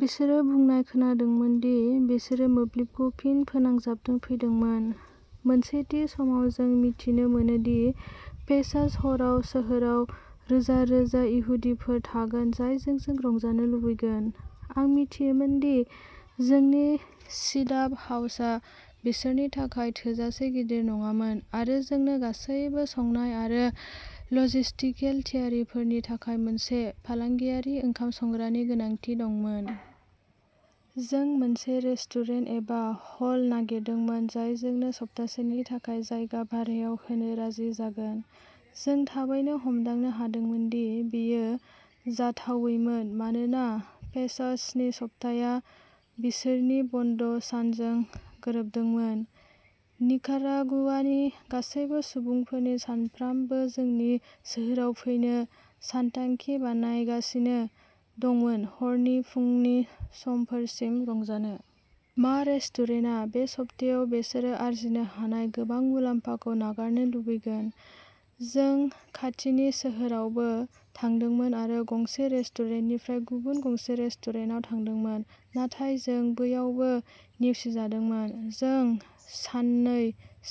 बिसोर बुंनाय खोनानो मोनो दि बिसोरो मोब्लिबखौ फिन फोनांजाबनो फैदोंमोन। "मोनसे थि समाव जों मिथिनो मोनो दि पेसाच हराव सोहोराव रोजा रोजा इहुदिफोर थागोन जाय जोंजों रंजानो लुबैगोन। आं मिथियोमोन दि जोंनि चाबाद हाउसआ बिसोरनि थाखाय थोजासे गिदिर नङामोन आरो जोंनो गासैबो संनाय आरो लजिस्टिकेल थियारिफोरनि थाखाय मोनसे फालांगियारि ओंखाम संग्रानि गोनांथि दंमोन। जों मोनसे रेस्टुरेन्ट एबा हल नागिरदोंमोन जाय जोंनो सप्तासेनि थाखाय जायगा भारायाव होनो राजि जागोन।" जों थाबैनो हमदांनो हादोंमोन दि बेयो जाथावैमोन मानोना पेसाचनि सप्ताया बिसोरनि बन्द'सानजों गोरोबदोंमोन। निकारागुआनि गासैबो सुबुंफोरनि सानफ्रामबो जोंनि सोहोराव फैनो सानथांखि बानायगासिनो दंमोन हरनि फुंनि समफोरसिम रंजानो। मा रेस्टुरेन्टआ बे सप्तायाव बिसोर आर्जिनो हानाय गोबां मुलाम्फाखौ नागारनो लुबैगोन? जों खाथिनि सोहोरावबो थांदोंमोन आरो गंसे रेस्टुरेन्टनिफ्राय गुबुन गंसे रेस्टुरेन्टाव थांदोंमोन, नाथाय जों बैयावबो नेवसिजादोंमोन। "जों साननै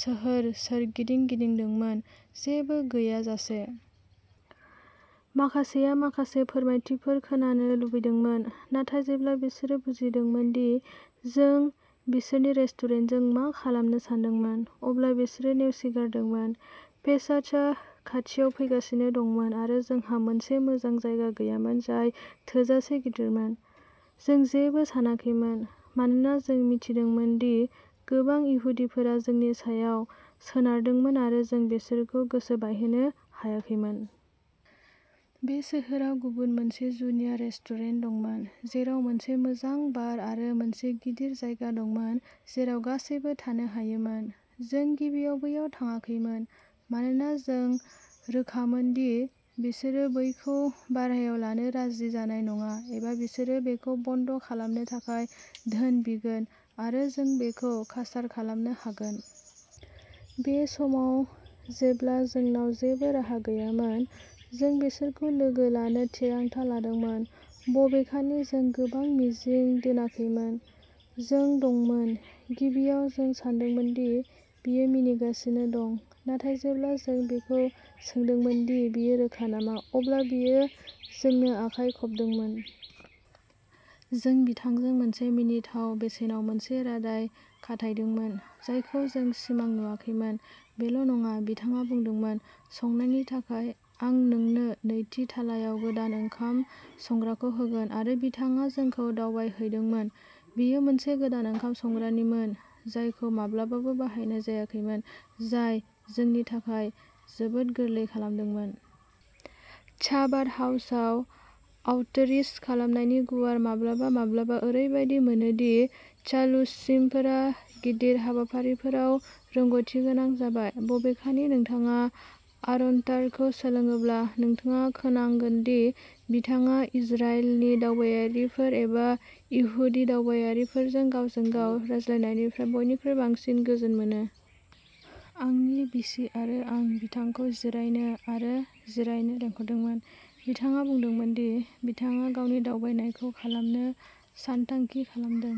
सोहोर सोरगिदिं गिदिंदोंमोन, जेबो गैयाजासे। माखासेया माखासे फोरमायथिफोर खोनानो लुबैदोंमोन, नाथाय जेब्ला बिसोरो बुजिदोंमोन दि जों बिसोरनि रेस्टुरेन्टजों मा खालामनो सानदों, अब्ला बिसोरो नेवसिगारदोंमोन। पेसाचआ खाथियाव फैगासिनो दंमोन आरो जोंहा मोनसे मोजां जायगा गैयामोन जाय थोजासे गिदिरमोन। जों जेबो सानाखैमोन, मानोना जों मिथिदोंमोन दि गोबां इहुदिफोरा जोंनि सायाव सोनारदोंमोन आरो जों बिसोरखौ गोसो बायहोनो हायाखैमोन।" बै सोहोराव गुबुन मोनसे जुनिया रेस्टुरेन्ट दंमोन जेराव मोनसे मोजां बार आरो मोनसे गिदिर जायगा दंमोन जेराव गासैबो थानो हायोमोन। जों गिबियाव बैयाव थाङाखैमोन, मानोना जों रोखामोन दि बिसोरो बेखौ भारायाव लानो राजि जानाय नङा एबा बिसोरो बेखौ बन्द खालामनो थाखाय धोन बिगोन आरो जों बेखौ कासार खालामनो हागोन। बे समाव, जेब्ला जोंनाव जेबो राहा गैयामोन, जों बिसोरखौ लोगो लानो थिरांथा लादोंमोन, बबेखानि जों गोबां मिजिं दोनाखैमोन। "जों दंमोन। गिबियाव जों सानदोंमोन दि बियो मिनिगासिनो दं, नाथाय जेब्ला जों बिखौ सोंदोंमोन दि बियो रोखा नामा, अब्ला बियो जोंनो आखाइ खबदोंमोन। जों बिथांजों मोनसे मिनिथाव बेसेनाव मोनसे रादाय खाथायदोंमोन, जायखौ जों सिमां नुवाखैमोन। बेल'नङा, बिथाङा बुंदोंमोन,'संनायनि थाखाय, आं नोंनो नैथि थालायाव गोदान ओंखाम संग्राखौ होगोन,'आरो बिथाङा जोंखौ दावबायहैदोंमोन। बेयो मोनसे गोदान ओंखाम संग्रानिमोन जायखौ माब्लाबाबो बाहायनाय जायाखैमोन, जाय जोंनि थाखाय जोबोद गोरलै खालामदोंमोन। चाबाद हाउसआव आउटरीच खालामनायनि गुवार। माब्लाबा माब्लाबा ओरैबायदि मोनो दि श्लुचिमफोरा गिदिर हाबाफारिफोराव रोंग'थिगोनां जाबाय। बबेखानि, नोंथाङा आर'अत्तारखौ सोङोब्ला, नोंथाङा खोनांगोन दि बिथाङा इजराइलनि दावबायारिफोर एबा इहुदि दावबायारिफोरजों गावजों गाव रायज्लायनायनिफ्राय बयनिख्रुइ बांसिन गोजोन मोनो। "आंनि बिसि आरो आं बिथांखौ जिरायनो आरो जिरायनो लिंहरदोंमोन। बिथाङा बुंदोंमोन दि बिथाङा गावनि दावबायनायखौ खालामनो सानथांखि खालामदों।